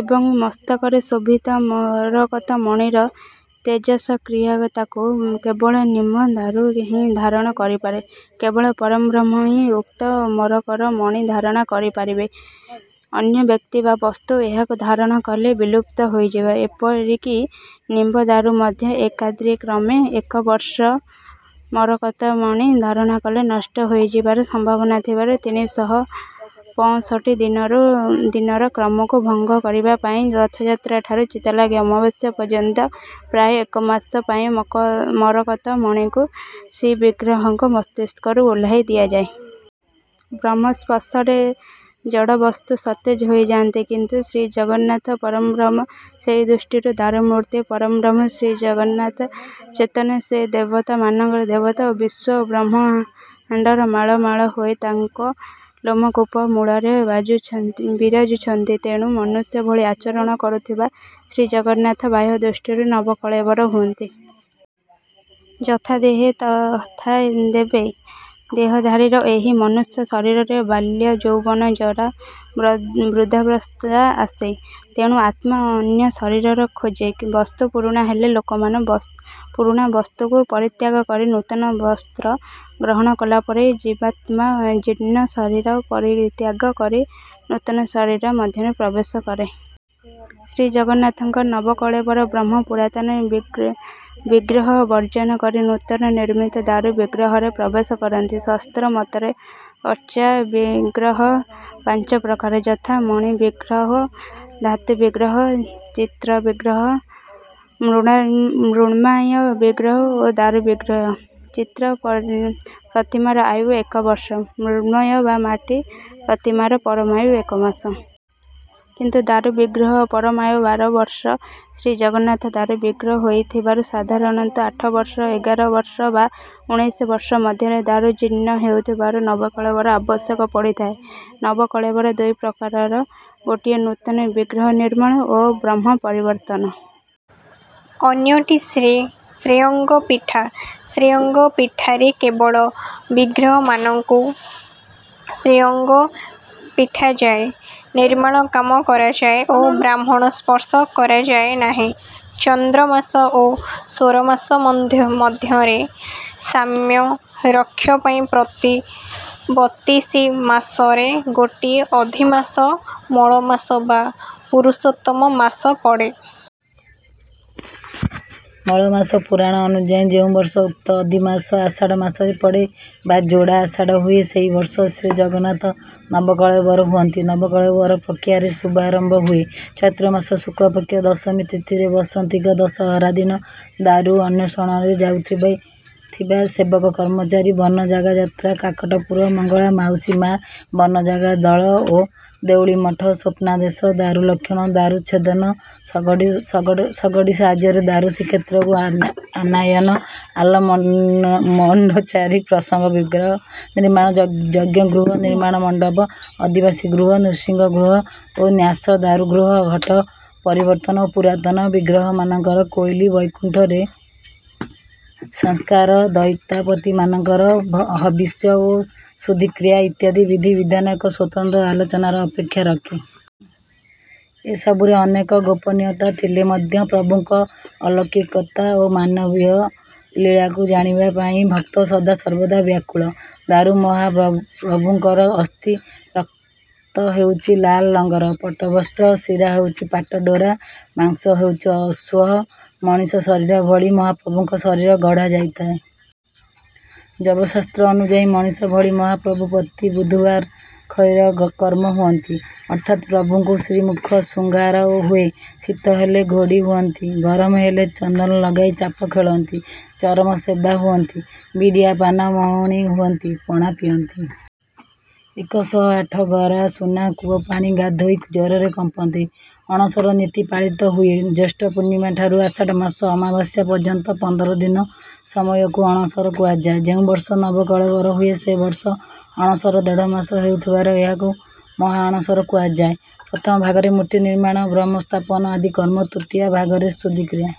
ଏବଂ ମସ୍ତକରେ ଶୋଭିତ ମରକତ ମଣିର ତେଜସକ୍ରିୟାତାକୁ କେବଳ ନିମ୍ବ ଦାରୁ ହିଁ ଧାରଣ କରିପାରେ। କେବଳ ପରଂବ୍ରହ୍ମ ହିଁ ଉକ୍ତ ମରକତ ମଣି ଧାରଣ କରିପାରିବେ। ଅନ୍ୟ ବ୍ୟକ୍ତି ବା ବସ୍ତୁ ଏହାକୁ ଧାରଣ କଲେ ବିଲୁପ୍ତ ହୋଇଯିବେ। ଏପରିକି ନିମ୍ବ ଦାରୁ ମଧ୍ୟ ଏକାଦିକ୍ରମେ ଏକ ବର୍ଷ ମରକତମଣି ଧାରଣ କଲେ ନଷ୍ଟ ହୋଇଯିବାର ସମ୍ଭାବନା ଥିବାରୁ ତିନି ଶହ ପଅଁଷଠି ଦିନର କ୍ରମକୁ ଭଙ୍ଗ କରିବା ପାଇଁ ରଥଯାତ୍ରା ଠାରୁ ଚିତାଲାଗି ଅମାବାସ୍ୟା ପର୍ଯ୍ୟନ୍ତ ପ୍ରାୟ ଏକମାସ ପାଇଁ ମରକତ ମଣିକୁ ଶ୍ରୀବିଗ୍ରହଙ୍କ ମସ୍ତକରୁ ଓହ୍ଲାଇ ଦିଆଯାଏ। ବ୍ରହ୍ମସ୍ପର୍ଶରେ ଜଡ଼ବସ୍ତୁ ସତେଜ ହୋଇଯାନ୍ତି। କିନ୍ତୁ ଶ୍ରୀଜଗନ୍ନାଥ ପରଂବ୍ରହ୍ମ। ସେହିଦୃଷ୍ଟିରୁ ଦାରୁମୂର୍ତି ପରଂବ୍ରହ୍ମ ଶ୍ରୀଜଗନ୍ନାଥ ଚେତନ। ସେ ଦେବତା ମାନଙ୍କର ଦେବତା ଓ ବିଶ୍ୱ ବ୍ରମହାଣ୍ଡ ମାଳ ମାଳ ହୋଇ ତାଙ୍କ ଲୋମକୂପ ମୂଳରେ ବିରାଜୁଛନ୍ତି। ତେଣୁ ମନୁଷ୍ୟ ଭଳି ଆଚରଣ କରୁଥିବା ଶ୍ରୀଜଗନ୍ନାଥ ବାହ୍ୟଦୃଷ୍ଟିରେ ନବକଳେବର ହୁଅନ୍ତି। ଯଥାଦେହେ ତଥା ଦେବେ। ଦେହଧାରୀର ଏହି ମନୁଷ୍ୟ ଶରୀରରେ ବାଲ୍ୟ, ଯୌବନ, ଜରା, ବୃଦ୍ଧାବସ୍ଥା ଆସେ। ତେଣୁ ଆତ୍ମା ଅନ୍ୟ ଶରୀର ଖୋଜେ। ବସ୍ତ୍ର ପୁରୁଣା ହେଲେ ଲୋକମାନେ ପୁରୁଣା ବସ୍ତ୍ରକୁ ପରିତ୍ୟାଗ କରି ନୂତନ ବସ୍ତ୍ର ଗ୍ରହଣ କଲାପରି ଜୀବାତ୍ମା ଜୀର୍ଣ୍ଣ ଶରୀର ପରିତ୍ୟାଗ କରି ନୂତନ ଶରୀର ମଧ୍ୟରେ ପ୍ରବେଶ କରେ। ଶ୍ରୀଜଗନ୍ନାଥଙ୍କର ନବକଳେବରେ ବ୍ରହ୍ମ ପୁରାତନ ବିଗ୍ରହ ବର୍ଜନ କରି ନୂତନ ନିର୍ମିତ ଦାରୁ ବିଗ୍ରହରେ ପ୍ରବେଶ କରନ୍ତି। ଶାସ୍ତ୍ର ମତରେ, ଅର୍ଚା ବିଗ୍ରହ ପାଞ୍ଚ ପ୍ରକାର। ଯଥା- ମଣିବିଗ୍ରହ, ଧାତୁବିଗ୍ରହ, ଚିତ୍ର ବିଗ୍ରହ, ମୃଣ୍ମ ୟ ବିଗ୍ରହ ଓ ଦାରୁ ବିଗ୍ରହ। ଚିତ୍ର ପ୍ରତିମାର ଆୟୁ ଏକ ବର୍ଷ। ମୃଣ୍ମୟ ବା ମାଟି ପ୍ରତିମାର ପରମାୟୁ ଏକ ମାସ। କିନ୍ତୁ ଦାରୁ ବିଗ୍ରହ ପରମାୟୁ ବାର ବର୍ଷ। ଶ୍ରୀଜଗନ୍ନାଥ ଦାରୁ ବିଗ୍ରହ ହୋଇଥିବାରୁ ସାଧାରଣତଃ ଆଠ ବର୍ଷ, ଏଗାର ବର୍ଷ ବା ଉଣେଇଶି ବର୍ଷ ମଧ୍ୟରେ ଦାରୁ ଜୀର୍ଣ୍ଣ ହେଉଥିବାରୁ ନବକଳେବରର ଆବଶ୍ୟକ ପଡିଥାଏ। ନବକଳେବର ଦୁଇ ପ୍ରକାରର ଗୋଟିଏ ନୂତନ ବିଗ୍ରହ ନିର୍ମାଣ ଓ ବ୍ରହ୍ମ ପରିବର୍ତ୍ତନ। ଅନ୍ୟଟି 'ଶ୍ରୀଅଙ୍ଗ ଫିଟା। ଶ୍ରୀଅଙ୍ଗ ଫିଟାରେ କେବଳ ବିଗ୍ରହ ମାନଙ୍କ ଶ୍ରୀଅଙ୍ଗ ଫିଟାଯାଇ ନିର୍ମାଣକାମ କରାଯାଏ ଓ ବ୍ରାହ୍ମଣ ସ୍ପର୍ଶ କରାଯାଏ ନାହିଁ। ଚାନ୍ଦ୍ରମାସ ଓ ସୌରମାସ ମଧ୍ୟରେ ସାମ୍ୟ ରକ୍ଷା ପାଇଁ ପ୍ରତି ବତିଶି ମାସରେ ଗୋଟିଏ ଅଧିମାସ, ମଳ ମାସ ବା ପୁରୁଷୋତ୍ତମ ମାସ ପଡେ। ମଳମାସ ପୁରାଣ ଅନୁଯାୟୀ ଯେଉଁବର୍ଷ ଉକ୍ତ ଅଧିମାସ ଆଷାଢ଼ ମାସରେ ପଡେ ବା ଯୋଡ଼ା ଆଷାଢ଼ ହୁଏ ସେହି ବର୍ଷ ଶ୍ରୀଜଗନ୍ନାଥ ନବକଳେବର ହୁଅନ୍ତି। ନବକଳେବର ପ୍ରକିୟାର ଶୁଭାରମ୍ଭ ହୁଏ। ଚୈତ୍ରମାସ ଶୁକ୍ଳପକ୍ଷ ଦଶମୀ ତିଥିରେ। ବସନ୍ତିକ ଦଶହରା ଦିନ। ଦାରୁ ଅନ୍ୱେଷଣରେ ଯାଉଥିବା ସେବକ, କର୍ମଚାରୀ, ବନଯାଗଯାତ୍ରା, କାକଟପୁର ମଙ୍ଗଳା, ମାଉସୀ ମା, ବନଯାଗ ଦଳ ଓ ଦେଉଳିମଠ, ସ୍ୱପ୍ନାଦେଶ, ଦାରୁ ଲକ୍ଷଣ, ଦାରୁ ଛେଦନ, ଶଗଡି ସାହାଯ୍ୟରେ ଦାରୁ ଶ୍ରୀକ୍ଷେତ୍ରକୁ ଆନୟନ, ଆଲାମଚଣ୍ଡୀ ପ୍ରସଙ୍ଗ, ବିଗ୍ରହ ନିର୍ମାଣ, ଯଜ୍ଞଗୃହ, ନିର୍ମାଣ ମଣ୍ଡପ, ଅଧିବାସୀ ଗୃହ, ନୃସିଂହଗୃହ ଓ ନ୍ୟାସଦାରୁଗୃହ, ଘଟ ପରିବର୍ତନ ଓ ପୁରାତନ ବିଗ୍ରହମାନଙ୍କର କୋଇଲି ବୈକୁଣ୍ଠରେ ସଂସ୍କାର, ଦଇତାପତିମାନଙ୍କର ହବିଷ୍ୟ ଓ ଶୁଦ୍ଧିକ୍ରିୟା ଇତ୍ୟାଦି ବିଧି ବିଧାନ ଏକ ସ୍ୱତନ୍ତ୍ର ଆଲୋଚନାର ଅପେକ୍ଷା ରଖେ। ଏସବୁରେ ଅନେକ ଗୋପନୀୟତା ଥିଲେ ମଧ୍ୟ ପ୍ରଭୁଙ୍କ ଅଲୌକିକତା ଓ ମାନବୀୟ ଲୀଳାକୁ ଜାଣିବା ପାଇଁ ଭକ୍ତ ସଦାସର୍ବଦା ବ୍ୟାକୁଳ। ଦାରୁ ମହା ପ୍ରଭୁଙ୍କର ଅସ୍ଥି। ରକ୍ତ ହେଉଛି ଲାଲ ରଙ୍ଗର ପଟ୍ଟବସ୍ତ୍ର। ଶିରା ହେଉଛି ପାଟ ଡୋର। ମାଂସ ହେଉଛି ଅଷୁଅ। ମଣିଷ ଶରୀର ଭଳି ମହାପ୍ରଭୁଙ୍କ ଶରୀର ଗଢ଼ା ଯାଇଥାଏ। ଯବଶାସ୍ତ୍ର ଅନୁଯାୟୀ ମଣିଷ ଭଳି ମହାପ୍ରଭୁ ପ୍ରତି ବୁଧବାର କ୍ଷୌର କର୍ମ ହୁଅନ୍ତି। ଅର୍ଥାତ ପ୍ରଭୁଙ୍କୁ ଶ୍ରୀମୁଖ ଶୃଙ୍ଗାର ହୁଏ। ଶୀତ ହେଲେ ଘୋଡ଼ି ହଅନ୍ତି। ଗରମ ହେଲେ ଚନ୍ଦନ ଲଗାଇ ଚାପ ଖେଳନ୍ତି। ଚରମ ସେବା ହୁଅନ୍ତି। ବିଡିଆ ପାନ ମହୋଣି ହୁଅନ୍ତି। ପଣା ପିଅନ୍ତି। ଏକ ଶହ ଆଠ ଗରା ସୁନା କୂଅ ପାଣି ଗାଧୋଇ ଜ୍ୱରରେ କମ୍ପତି। ଅଣସର ନୀତି ପାଳିତ ହୁଏ। ଜ୍ୟେଷ୍ଠ ପୂର୍ଣ୍ଣିମା ଠାରୁ ଆଷାଢ଼ ମାସ ଅମାବାସ୍ୟା ପର୍ଯ୍ୟନ୍ତ ପନ୍ଦର ଦିନ ସମୟକୁ ଅଣସର କୁହାଯାଏ। ଯେଉଁ ବର୍ଷ ନବକଳେବର ହୁଏ, ସେ ବର୍ଷ ଅଣସର ଦେଢମାସ ହେଇଥିବାରୁ ଏହାକୁ ମାହାଅଣସର କୁହାଯାଏ। ପ୍ରଥମ ଭାଗରେ ମୂର୍ତ୍ତି ନିର୍ମାଣ, ବ୍ରହ୍ମସ୍ଥାପନ ଆଦି କର୍ମ, ଦୁତୀୟ ଭାଗରେ ଶୁଦ୍ଧିକ୍ରିୟା